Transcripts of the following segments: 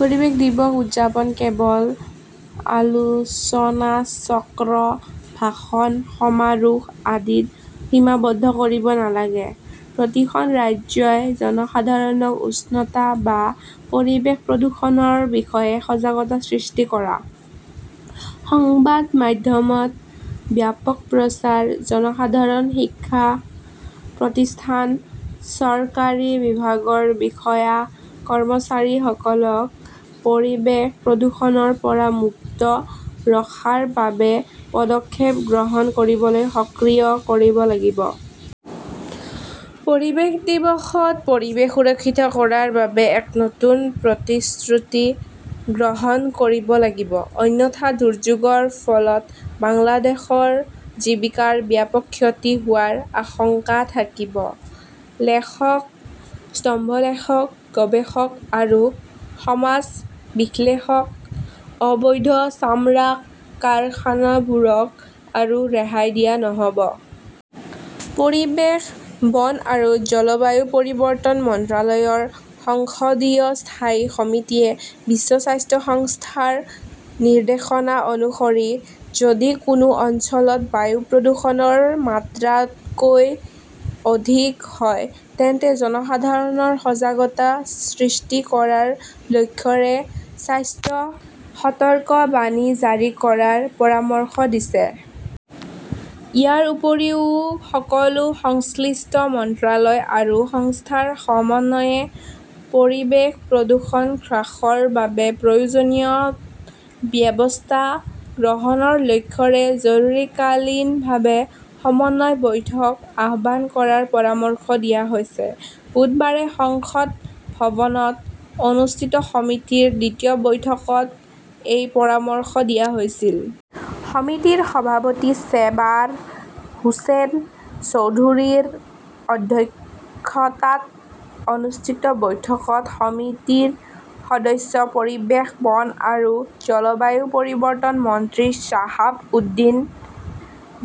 পৰিৱেশ দিৱস উদযাপন কেৱল আলোচনাচক্ৰ, ভাষণ, সমাৰোহ আদিত সীমাবদ্ধ কৰিব নালাগে। প্ৰতিখন ৰাজ্যই জনসাধাৰণক উষ্ণতা বা পৰিৱেশ প্ৰদূষণৰ বিষয়ে সজাগতা সৃষ্টি কৰা, সংবাদ মাধ্যমত ব্যাপক প্ৰচাৰ, জনসাধাৰণ, শিক্ষা প্ৰতিষ্ঠান, চৰকাৰী বিভাগৰ বিষয়া-কৰ্মচাৰীসকলক পৰিৱেশ প্ৰদূষণৰ পৰা মুক্ত ৰখাৰ বাবে পদক্ষেপ গ্ৰহণ কৰিবলৈ সক্ৰিয় কৰিব লাগিব। পৰিৱেশ দিৱসত পৰিৱেশ সুৰক্ষিত কৰাৰ বাবে এক নতুন প্ৰতিশ্ৰুতি গ্ৰহণ কৰিব লাগিব। অন্যথা দুৰ্যোগৰ ফলত বাংলাদেশৰ জীৱিকাৰ ব্যাপক ক্ষতি হোৱাৰ আশংকা থাকিব। লেখক স্তম্ভলেখক, গৱেষক আৰু সমাজ বিশ্লেষক। অবৈধ চামৰা কাৰখানাবোৰক আৰু ৰেহাই দিয়া নহ'ব। পৰিৱেশ, বন আৰু জলবায়ু পৰিৱৰ্তন মন্ত্ৰালয়ৰ সংসদীয় স্থায়ী সমিতিয়ে বিশ্ব স্বাস্থ্য সংস্থাৰ নিৰ্দেশনা অনুসৰি যদি কোনো অঞ্চলত বায়ু প্ৰদূষণৰ মাত্ৰা তকৈ অধিক হয়, তেন্তে জনসাধাৰণৰ সজাগতা সৃষ্টি কৰাৰ লক্ষ্যৰে 'স্বাস্থ্য সতৰ্কবাণী' জাৰি কৰাৰ পৰামৰ্শ দিছে। ইয়াৰ উপৰিও, সকলো সংশ্লিষ্ট মন্ত্ৰালয় আৰু সংস্থাৰ সমন্বয়ে পৰিৱেশ প্ৰদূষণ হ্ৰাসৰ বাবে প্ৰয়োজনীয় ব্যৱস্থা গ্ৰহণৰ লক্ষ্যৰে জৰুৰীকালীনভাৱে সমন্বয় বৈঠক আহ্বান কৰাৰ পৰামৰ্শ দিয়া হৈছে। বুধবাৰে সংসদ ভৱনত অনুষ্ঠিত সমিতিৰ দ্বিতীয় বৈঠকত এই পৰামৰ্শ দিয়া হৈছিল। সমিতিৰ সভাপতি চেবাৰ হোসেন চৌধুৰীৰ অধ্যক্ষতাত অনুষ্ঠিত বৈঠকত সমিতিৰ সদস্য পৰিৱেশ, বন আৰু জলবায়ু পৰিৱৰ্তন মন্ত্ৰী শ্বাহাব উদ্দিন,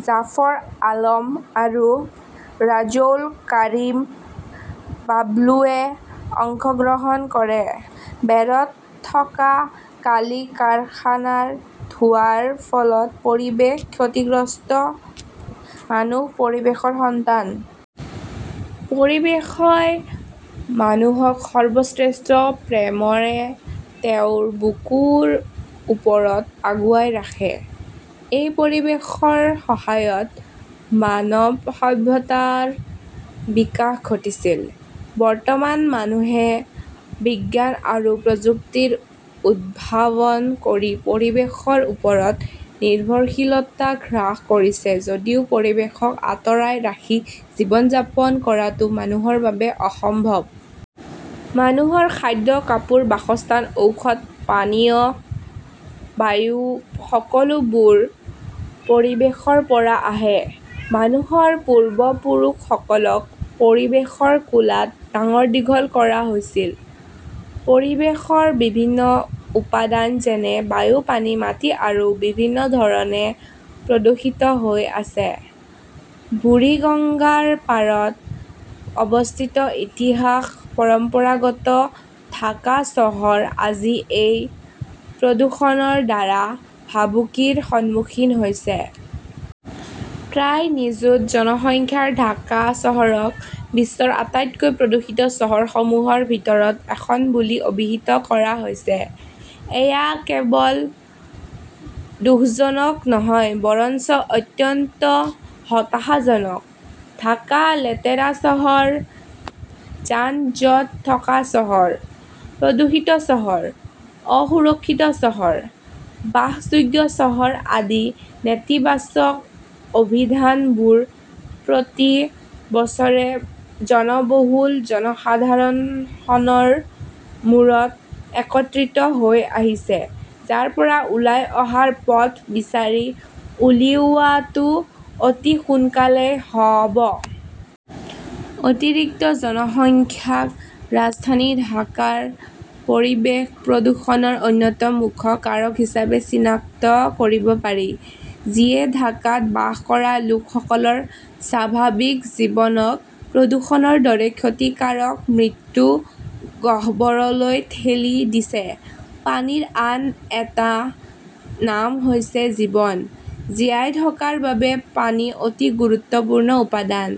জাফৰ আলম আৰু ৰাজৌল কাৰিম বাবলুৱে অংশগ্ৰহণ কৰে। বেৰত থকা কালি কাৰখানাৰ ধোঁৱাৰ ফলত পৰিৱেশ ক্ষতিগ্ৰস্ত মানুহ পৰিৱেশৰ সন্তান। পৰিৱেশই মানুহক সৰ্বশ্ৰেষ্ঠ প্ৰেমৰে তেওঁৰ বুকুৰ ওপৰত আগুৱাই ৰাখে। এই পৰিৱেশৰ সহায়ত মানৱ সভ্যতাৰ বিকাশ ঘটিছিল। বৰ্তমান মানুহে বিজ্ঞান আৰু প্ৰযুক্তিৰ উদ্ভাৱন কৰি পৰিৱেশৰ ওপৰত নিৰ্ভৰশীলতা হ্ৰাস কৰিছে যদিও পৰিৱেশক আঁতৰাই ৰাখি জীৱন যাপন কৰাটো মানুহৰ বাবে অসম্ভৱ। মানুহৰ খাদ্য, কাপোৰ, বাসস্থান, ঔষধ, পানীয়, বায়ু-সকলোবোৰ পৰিৱেশৰ পৰা আহে। মানুহৰ পূৰ্বপুৰুষসকলক পৰিৱেশৰ কোলাত ডাঙৰ-দীঘল কৰা হৈছিল। পৰিৱেশৰ বিভিন্ন উপাদান যেনে বায়ু, পানী, মাটি আদি বিভিন্ন ধৰণে প্ৰদূষিত হৈ আছে। বুৰিগঙ্গাৰ পাৰত অৱস্থিত ইতিহাস-পৰম্পৰাগত ঢাকা চহৰ আজি এই প্ৰদূষণৰ দ্বাৰা ভাবুকিৰ সন্মুখীন হৈছে। প্ৰায় নিযুত জনসংখ্যাৰ ঢাকা চহৰক বিশ্বৰ আটাইতকৈ প্ৰদূষিত চহৰসমূহৰ ভিতৰত এখন বুলি অভিহিত কৰা হৈছে। এয়া কেৱল দুখজনক নহয়, বৰঞ্চ অত্যন্ত হতাশাজনক। ঢাকা লেতেৰা চহৰ, যান-জঁট থকা চহৰ, প্ৰদূষিত চহৰ, অসুৰক্ষিত চহৰ, বাসযোগ্য চহৰ আদি নেতিবাচক অভিধানবোৰ প্ৰতি বছৰে জনবহুল মহানগৰখনৰ মূৰত একত্ৰিত হৈ আহিছে, যাৰ পৰা ওলাই অহাৰ পথ বিচাৰি উলিওৱাটো অতি সোনকালেই হ 'ব। অতিৰিক্ত জনসংখ্যাক ৰাজধানী ঢাকাৰ পৰিৱেশ প্ৰদূষণৰ অন্যতম মুখ্য কাৰক হিচাপে চিনাক্ত কৰিব পাৰি। যিয়ে ঢাকাত বাস কৰা লোকসকলৰ স্বাভাৱিক জীৱনক প্ৰদূষণৰ দৰে ক্ষতিকাৰক মৃত্যু গহ্বৰলৈ ঠেলি দিছে। পানীৰ আন এটা নাম হৈছে জীৱন। জীয়াই থকাৰ বাবে পানী অতি গুৰুত্বপূৰ্ণ উপাদান।